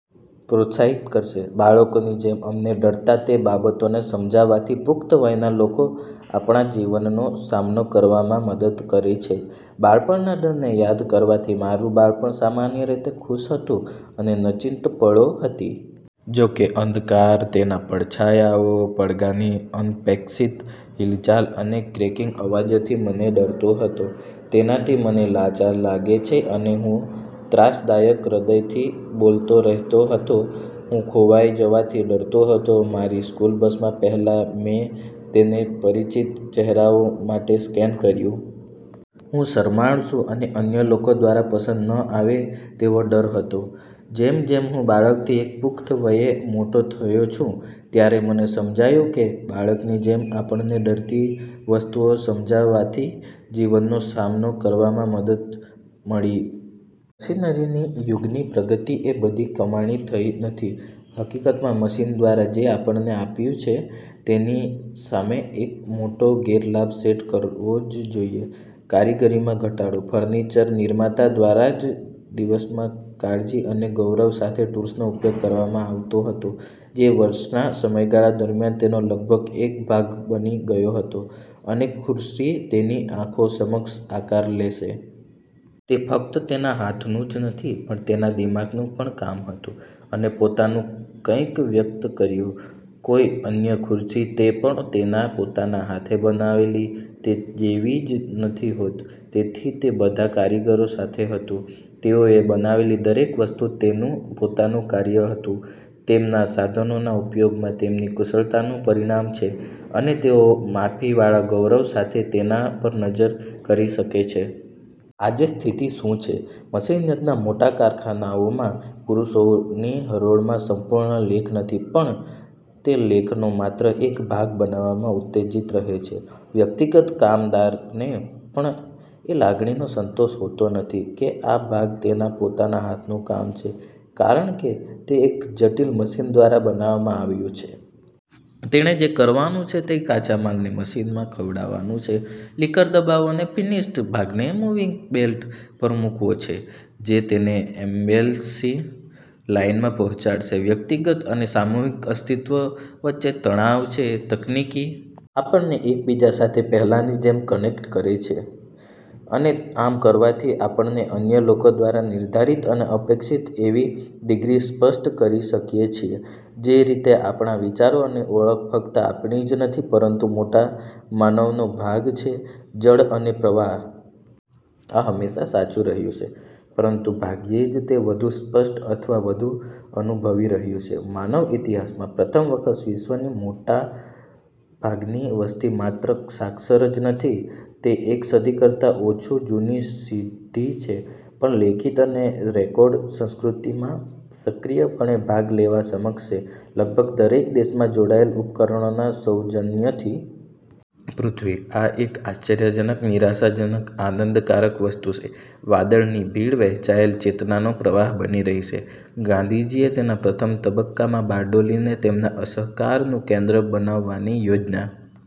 પ્રોત્સાહિત કરશે. બાળકોની જેમ અમને ડરતા તે બાબતોને સમજવાથી પુખ્ત વયના લોકો આપણા જીવનનો સામનો કરવામાં મદદ કરે છે. બાળપણના ડરને યાદ કરવાથી મારું બાળપણ સામાન્ય રીતે ખુશ હતું અને નચિંત પળો હતી. જો કે, અંધકાર તેના પડછાયાઓ, પડધાની અનપેક્ષિત હિલચાલ અને ક્રેકીંગ અવાજોથી મને ડરતો હતો. તેનાથી મને લાચાર લાગે છે અને હું ત્રાસદાયક હૃદયથી બોલતો રહેતો હતો. હું ખોવાઈ જવાથી ડરતો હતો. મારી સ્કૂલ બસમાં પહેલા, મેં તેને પરિચિત ચહેરાઓ માટે સ્કેન કર્યું. હું શરમાળ છું અને અન્ય લોકો દ્વારા પસંદ ન આવે તેવો ડર હતો. જેમ જેમ હું બાળકથી એક પુખ્ત વયે મોટો થયો છું, ત્યારે મને સમજાયું કે બાળકની જેમ આપણને ડરતી વસ્તુઓ સમજવાથી જીવનનો સામનો કરવામાં મદદ મળી. મશીનરીની યુગની પ્રગતિ એ બધી કમાણી થઈ નથી, હકીકતમાં મશીન દ્વારા જે આપણને આપ્યું છે તેની સામે એક મોટો ગેરલાભ સેટ કરવો જ જોઇએ કારીગરીમાં ઘટાડો. ફર્નિચર- નિર્માતા દ્વારા જતા દિવસોમાં કાળજી અને ગૌરવ સાથે ટૂલ્સનો ઉપયોગ કરવામાં આવતો હતો, જે વર્ષોના સમયગાળા દરમિયાન, તેનો લગભગ એક ભાગ બની ગયો હતો, અને ખુરશી તેની આંખો સમક્ષ આકાર લેશે. તે ફક્ત તેના હાથનું જ નહીં પણ તેના દિમાગનું પણ કામ હતું, અને પોતાનું કંઈક વ્યક્ત કર્યું; કોઈ અન્ય ખુરશી, તે પણ તેના પોતાના હાથે બનાવેલી, તે જેવી જ નહીં હોત. તેથી તે બધા કારીગરો સાથે હતું; તેઓએ બનાવેલી દરેક વસ્તુ તેનું પોતાનું કાર્ય હતું, તેમના સાધનોના ઉપયોગમાં તેમની કુશળતાનું પરિણામ છે અને તેઓ માફીવાળા ગૌરવ સાથે તેના પર નજર કરી શકે છે. આજે સ્થિતિ શું છે? મશીન યુગના મોટા કારખાનાઓમાં, પુરુષોની હરોળમાં સંપૂર્ણ લેખ નહીં, પણ તે લેખનો માત્ર એક ભાગ બનાવવામાં ઉત્તેજીત રહે છે. વ્યક્તિગત કામદારને પણ એ લાગણીનો સંતોષ હોતો નથી કે આ ભાગ તેના પોતાના હાથનું કામ છે, કારણ કે તે એક જટિલ મશીન દ્વારા બનાવવામાં આવ્યું છે. તેણે જે કરવાનું છે તે કાચા માલને મશીનમાં ખવડાવવાનું છે, લિવર દબાવો અને ફિનિશ્ડ ભાગને મૂવિંગ બેલ્ટ પર મૂકવો છે, જે તેને એસેમ્બલી લાઇનમાં પહોંચાડશે. વ્યક્તિગત અને સામૂહિક અસ્તિત્વ વચ્ચે તણાવ છે. તકનીકી આપણને એકબીજા સાથે પહેલાંની જેમ કનેક્ટ કરે છે, અને આમ કરવાથી આપણે અન્ય લોકો દ્વારા નિર્ધારિત અને અપેક્ષિત એવી ડિગ્રી સ્પષ્ટ કરી શકીએ છીએ: જે રીતે આપણા વિચારો અને ઓળખ ફક્ત આપણી જ નથી, પરંતુ મોટા માનવનો ભાગ છે જડ અને પ્રવાહ. આ હંમેશાં સાચું રહ્યું છે પરંતુ ભાગ્યે જ તે વધુ સ્પષ્ટ અથવા વધુ અનુભવી રહ્યું છે. માનવ ઇતિહાસમાં પ્રથમ વખત, વિશ્વની મોટાભાગની વસ્તી માત્ર સાક્ષર જ નથી તે એક સદી કરતાં ઓછી જૂની સિદ્ધિ છે પણ લેખિત અને રેકોર્ડ સંસ્કૃતિમાં સક્રિયપણે ભાગ લેવા સક્ષમ છે, લગભગ દરેક દેશમાં જોડાયેલા ઉપકરણોના સૌજન્યથી. પૃથ્વી. આ એક આશ્ચર્યજનક, નિરાશાજનક, આનંદકારક વસ્તુ છે: વાદળની ભીડ, વહેંચાયેલ ચેતનાનો પ્રવાહ બની રહી છે. ગાંધીજીએ તેના પ્રથમ તબક્કામાં બારડોલીને તેમના અસહકારનું કેન્દ્ર બનાવવાની યોજના।